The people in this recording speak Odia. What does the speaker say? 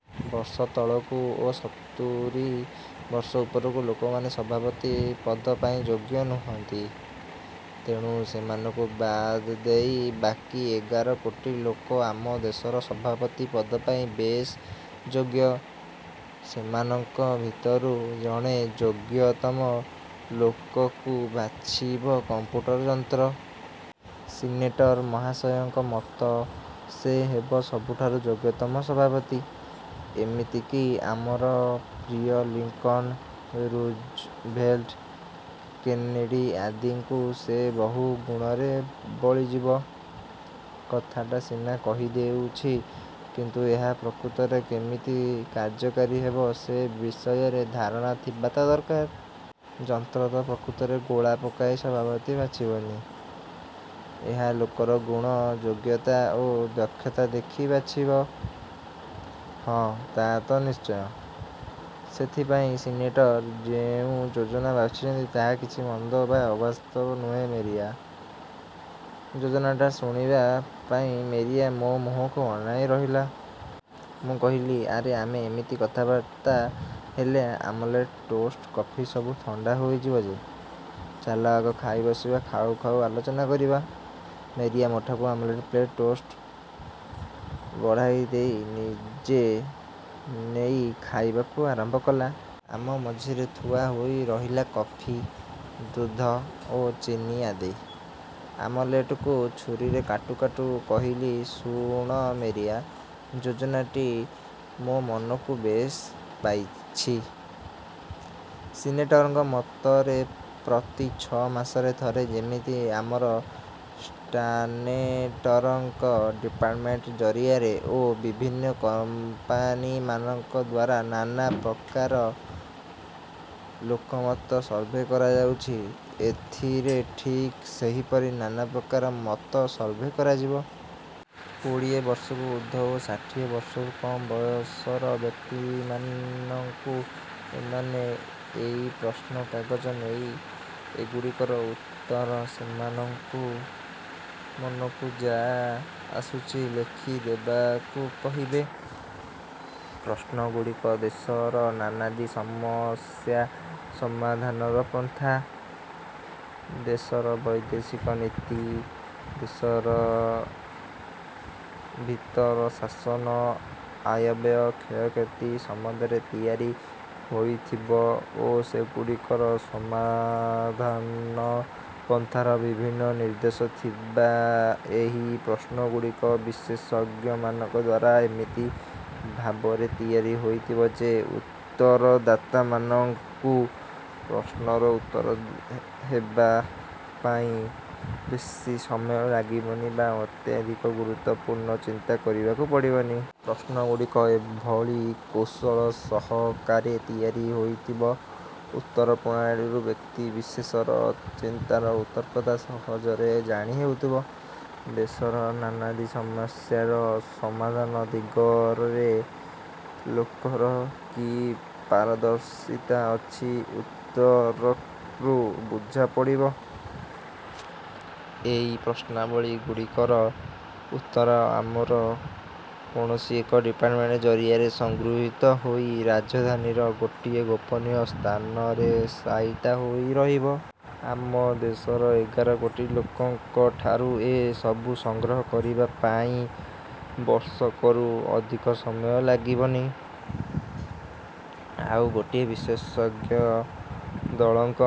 ବର୍ଷ ତଳକୁ ଓ ସତୁରୀ ବର୍ଷ ଉପରକୁ ଲୋକମାନେ ସଭାପତି ପଦ ପାଇଁ ଯୋଗ୍ୟ ନୁହନ୍ତି। ତେଣୁ ସେମାନଙ୍କୁ ବାଦ ଦେଇ ବାକି ଏଗାର କୋଟି ଲୋକ ଆମ ଦେଶର ସଭାପତି ପଦପାଇଁ ବେଶ ଯୋଗ୍ୟ। ସେମାନଙ୍କ ଭିତରୁ ଜଣେ ଯୋଗ୍ୟତମ ଲୋକକୁ ବାଛିବ କମ୍ପ୍ୟୁଟର ଯନ୍ତ୍ର। ସିନେଟର ମହାଶୟଙ୍କ ମତ, ସେ ହେବ ସବୁଠାରୁ ଯୋଗ୍ୟତମ ସଭାପତି। ଏମିତିକି ଆମର ପ୍ରିୟ ଲିଙ୍କନ, ରୁଜଭେଲଟ୍, କେନେଡ଼ି ଆଦିଙ୍କୁ ସେ ବହୁ ଗୁଣରେ ବଳିଯିବ। କଥାଟା ସିନା କହିଦେଉଛି; କିନ୍ତୁ ଏହା ପ୍ରକୃତରେ କେମିତି କାର୍ଯ୍ୟକାରୀ ହେବ, ସେ ବିଷୟରେ ଧାରଣା ଥିବା ତ ଦରକାର। ଯନ୍ତ୍ର ତ ପ୍ରକୃତରେ ଗୋଳା ପକାଇ ସଭାପତି ବାଛିବନି। ଏହା ଲୋକର ଗୁଣ, ଯୋଗ୍ୟତା ଓ ଦକ୍ଷତା ଦେଖି ବାଛିବ। 'ହଁ, ତା ତ ନିଶ୍ଚୟ। ସେଥିପାଇଁ ସିନେଟର ଯେଉଁ ଯୋଜନା ବାଛିଛନ୍ତି ତାହା କିଛି ମନ୍ଦ ବା ଅବାସ୍ତବ ନୁହେଁ ମେରିଆ। '' ଯୋଜନାଟା ଶୁଣିବା ପାଇଁ ମେରିଆ ମୋ ମୁହଁକୁ ଆନାଇ ରହିଲା। ମୁଁ କହିଲି, ''ଆରେ ଆମେ ଏମିତି କଥାବାର୍ତ୍ତା ହେଲେ ଆମଲେଟ, ଟୋଷ୍ଟ, କଫି ସବୁ ଥଣ୍ଡା ହୋଇଯିବ ଯେ। ଚାଲ ଆଗ ଖାଇ ବସିବା, ଖାଉ ଖାଉ ଆଲୋଚନା କରିବା। '' ମେରିଆ ମୋଠାକୁ ଆମଲେଟ ପ୍ଲେଟ, ଟୋଷ୍ଟ ବଢ଼ାଇଦେଇ ନିଜେ ନେଇ ଖାଇବାକୁ ଆରମ୍ଭ କଲା। ଆମ ମଝିରେ ଥୁଆ ହୋଇ ରହିଲା କଫି, ଦୁଧ ଓ ଚିନି ଆଦି। ଆମଲେଟକୁ ଛୁରୀରେ କାଟୁ କାଟୁ କହିଲି, ''ଶୁଣ ମେରିଆ, ଯୋଜନାଟି ମୋ ମନକୁ ବେଶ ପାଇଛି। ସିନେଟରଙ୍କ ମତରେ ପ୍ରତି ଛ' ମାସରେ ଥରେ ଯେମିତି ଆମର ଷ୍ଟାନେଟରଙ୍କ ଡିପାର୍ଟମେଣ୍ଟ ଜରିଆରେ ଓ ବିଭିନ୍ନ କମ୍ପାନୀମାନଙ୍କ ଦ୍ୱାରା ନାନା ପ୍ରକାର ଲୋକମତ ସର୍ଭେ କରାଯାଉଛି, ଏଥିରେ ଠିକ୍ ସେହିପରି ନାନାପ୍ରକାର ମତ ସର୍ଭେ କରାଯିବ। କୋଡ଼ିଏ ବର୍ଷରୁ ଊର୍ଦ୍ଧ୍ୱ ଓ ଷାଠିଏ ବର୍ଷରୁ କମ୍ ବୟସର ବ୍ୟକ୍ତିମାନଙ୍କୁ ଏମାନେ ଏଇ ପ୍ରଶ୍ନ କାଗଜ ନେଇ, ଏଗୁଡ଼ିକର ଉତ୍ତର ସେମାନଙ୍କୁ ମନକୁ ଯା ଆସୁଛି ଲେଖି ଦେବାକୁ କହିବେ। ପ୍ରଶ୍ନଗୁଡ଼ିକ ଦେଶର ନାନାଦି ସମସ୍ୟା ସମାଧାନର ପନ୍ଥା,। ଦେଶର ବୈଦେଶିକ ନୀତି, ଦେଶ ଭିତର ଶାସନ, ଆୟବ୍ୟୟ କ୍ଷୟକ୍ଷତି ସମ୍ବନ୍ଧରେ ତିଆରି ହୋଇଥିବ ଓ ସେଗୁଡ଼ିକର ସମାଧାନ ପନ୍ଥାର ବିଭିନ୍ନ ନିର୍ଦ୍ଦେଶ ଥିବା ଏହି ପ୍ରଶ୍ନଗୁଡ଼ିକ ବିଶେଷଜ୍ଞମାନଙ୍କ ଦ୍ୱାରା ଏମିତି ଭାବରେ ତିଆରି ହୋଇଥିବ ଯେ, ଉତ୍ତରଦାତାମାନଙ୍କୁ ପ୍ରଶ୍ନର ଉତ୍ତର ହେବା ପାଇଁ ବେଶୀ ସମୟ ଲାଗିବନି ବା ଅତ୍ୟଧିକ ଗୁରୁତ୍ୱପୂର୍ଣ୍ଣ ଚିନ୍ତା କରିବାକୁ ପଡ଼ିବନି। ପ୍ରଶ୍ନଗୁଡ଼ିକ ଏଭଳି କୌଶଳ ସହକାରେ ତିଆରି ହୋଇଥିବ, ଉତ୍ତର ପ୍ରଣାଳୀରୁ ବ୍ୟକ୍ତି ବିଶେଷର ଚିନ୍ତାର ଉତ୍କର୍ଷତା ସହଜରେ ଜାଣି ହେଉଥିବ। ଦେଶର ନାନାଦି ସମସ୍ୟାର ସମାଧାନ ଦିଗରେ ଲୋକର କି ପାରଦର୍ଶିତା ଅଛି, ଉତ୍ତରରୁ ବୁଝା ପଡ଼ିବ। ଏଇ ପ୍ରଶ୍ନାବଳୀ ଗୁଡ଼ିକର ଉତ୍ତର ଆମର କୌଣସି ଏକ ଡିପାର୍ଟମେଣ୍ଟ ଜରିଆରେ ସଂଗୃହୀତ ହୋଇ ରାଜଧାନୀର ଗୋଟିଏ ଗୋପନୀୟ ସ୍ଥାନରେ ସାଇତା ହୋଇ ରହିବ। ଆମ ଦେଶର ଏଗାର କୋଟି ଲୋକଙ୍କଠାରୁ ଏ ସବୁ ସଂଗ୍ରହ କରିବା ପାଇଁ ବର୍ଷକରୁ ଅଧିକ ସମୟ ଲାଗିବନି। ଆଉ ଗୋଟିଏ ବିଶେଷଜ୍ଞ ଦଳଙ୍କ